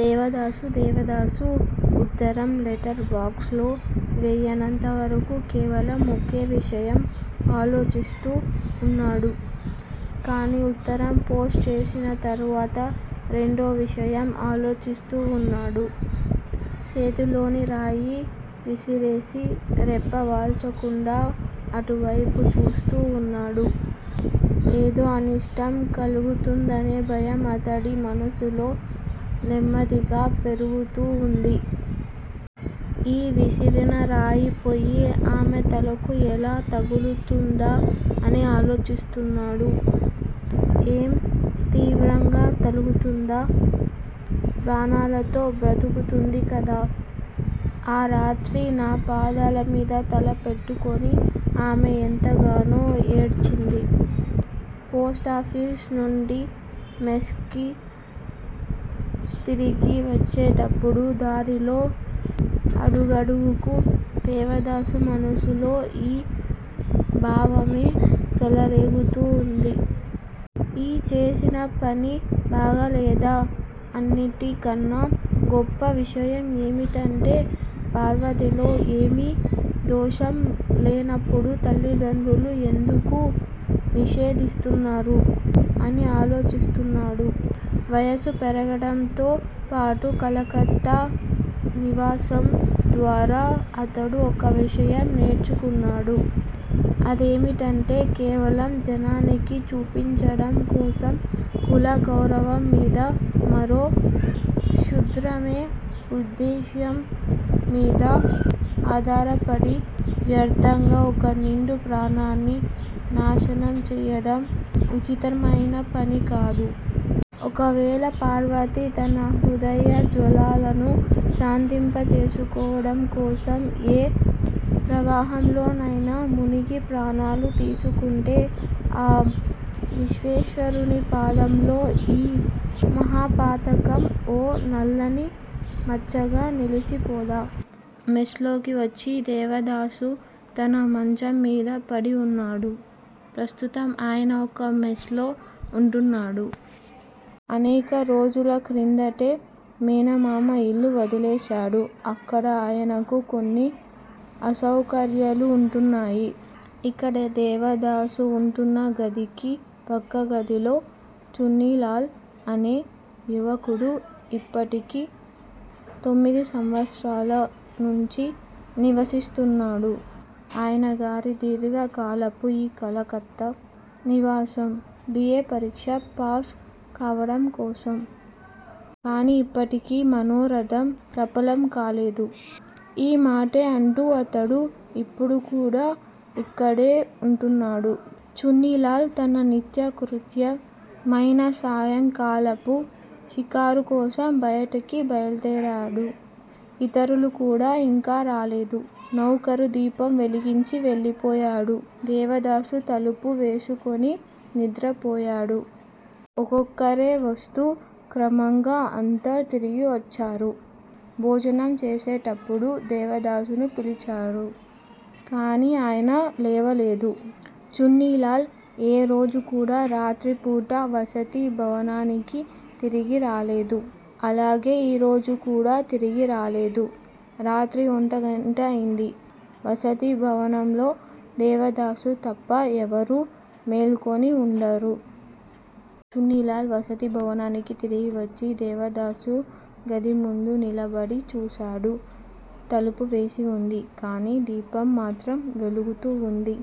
దేవదాసు దేవదాసు ఉత్తరం letter box లో వేయనంతవరకూ కేవలం ఒకే విషయం ఆలోచిస్తూ వున్నాడు. కాని ఉత్తరం పోస్ట్ చేసిన తరువాత రెండో విషయం ఆలోచిస్తూ వున్నాడు. చేతిలోని రాయి విసిరేసి రెప్ప వాల్చకుండా అటువైపే చూస్తూ వున్నాడు. ఏదో అనిష్టం కలుగుతుందనే భయం అతడి మనసులో నెమ్మదిగా పెరిగిపోతూ వుంది. యీ విసిరినరాయి పోయి ఆమె తలకు ఎలా తగులుతుందా అని ఆలోచిస్తున్నాడు. ఏం, తీవ్రంగా తగులుతుందా? ప్రాణాలతో బ్రతుకుతుంది గదా? ఆ రాత్రి నా పాదాలమీద తల పెట్టుకుని ఆమె ఎంతగానో యేడ్చింది. పోస్ట్ ఆఫీస్ నుండి మెస్ కు తిరిగి వచ్చేటప్పుడు దారిలో అడుగడుగుకూ దేవదాసు మనసులో యీ భావమే చెలరేగుతూ వుంది. యీ చేసిన పని బాగాలేదా? అన్నిటి కన్నా, గొప్ప విషయం ఏమిటంటే పార్వతిలో ఏమీ దోషం లేనప్పుడు తల్లిదండ్రులు ఎందుకు నిషేధిస్తున్నారు? అని ఆలోచిస్తున్నాడు. వయసు పెరగడంతో పాటు కలకత్తా నివాసం ద్వారా అతడు ఒక విషయం నేర్చుకున్నాడు. అదేమిటంటే కేవలం జనానికి చూపించడం కోసం కుల గౌరవం మీద, మరో క్షుద్రమైన ఉద్దేశ్యం మీద ఆధారపడి వ్యర్ధంగా ఒక నిండు ప్రాణాన్ని నాశనం చేయడం ఉచితమైన పనికాదు. ఒకవేళ పార్వతి తన హృదయ జ్వాలలను శాంతింపచేసుకోవడం కోసం ఏ ప్రవాహంలోనైనా మునిగి ప్రాణాలు తీసుకుంటే ఆ విశ్వేశ్వరుని పాదంలో ఈ మహాపాతకం ఓ నల్లని మచ్చగా నిలిచిపోదా? మెస్ లోకి వచ్చి దేవదాసు తన మంచంమీద పడివున్నాడు. ప్రస్తుతం ఆయన ఒక మెస్ లో వుంటున్నాడు. అనేక రోజుల క్రిందటే మేనమామ ఇల్లు వదిలేశాడు అక్కడ ఆయనకు కొన్ని అసౌకర్యాలు వుంటున్నాయి. ఇక్కడ దేవదాసు వుంటున్న గదికి ప్రక్కగదిలో చున్నీలాల్ అనే యువకుడు ఇప్పటికి తొమ్మిది సంవత్సరాల నుంచి నివసిస్తున్నాడు. ఆయనగారి దీర్ఘకాలపు ఈ కలకత్తా నివాసం బి. ఏ. పరీక్ష ప్యాస్ కావడం కోసం. కాని ఇప్పటికీ మనోరధం సఫలం కాలేదు. ఈ మాటే అంటూ అతడు ఇప్పుడుకూడా ఇక్కడే వుంటున్నాడు. చున్నీలాల్ తన నిత్యకృత్య మైన సాయంకాలపు షికారు కోసం బయటికి బయలుదేరాడు. ఇతరులు కూడా ఇంకా రాలేదు. నౌకరు దీపం వెలిగించి వెళ్ళిపోయాడు. దేవదాసు తలుపు వేసుకుని నిద్రపోయాడు. ఒక్కొక్కరే వస్తూ క్రమంగా అంతా తిరిగి వచ్చారు. భోజనం చేసేటప్పుడు దేవదాసును పిలిచారు. కాని ఆయన లేవలేదు. చున్నీలాల్ ఏ రోజు కూడా రాత్రిపూట వసతి భవనానికి తిరిగి రాలేదు. అలాగే ఈ రోజు కూడా తిరిగి రాలేదు. రాత్రి ఒంటిగంట అయింది. వసతి భవనంలో దేవదాసు తప్ప ఎవరూ మేల్కొని వుండరు. చున్నీలాల్ వసతి భవనానికి తిరిగి వచ్చి దేవదాసు గది ముందు నిలబడి చూశాడు. తలుపు వేసేవుంది. కాని దీపం మాత్రం వెలుగుతూ వుంది.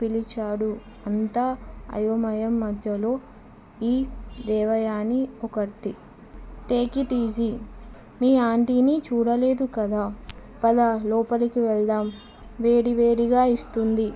పిలిచాడు అంతా అయోమయం మధ్యలో ఈ దేవయాని ఒకర్తి టేకిట్ ఈజీ! మీ ఆంటీని చూడలేదుకదూ? పద లోపలికెళ్దాం- వేడివేడిగా ఇస్తుంది.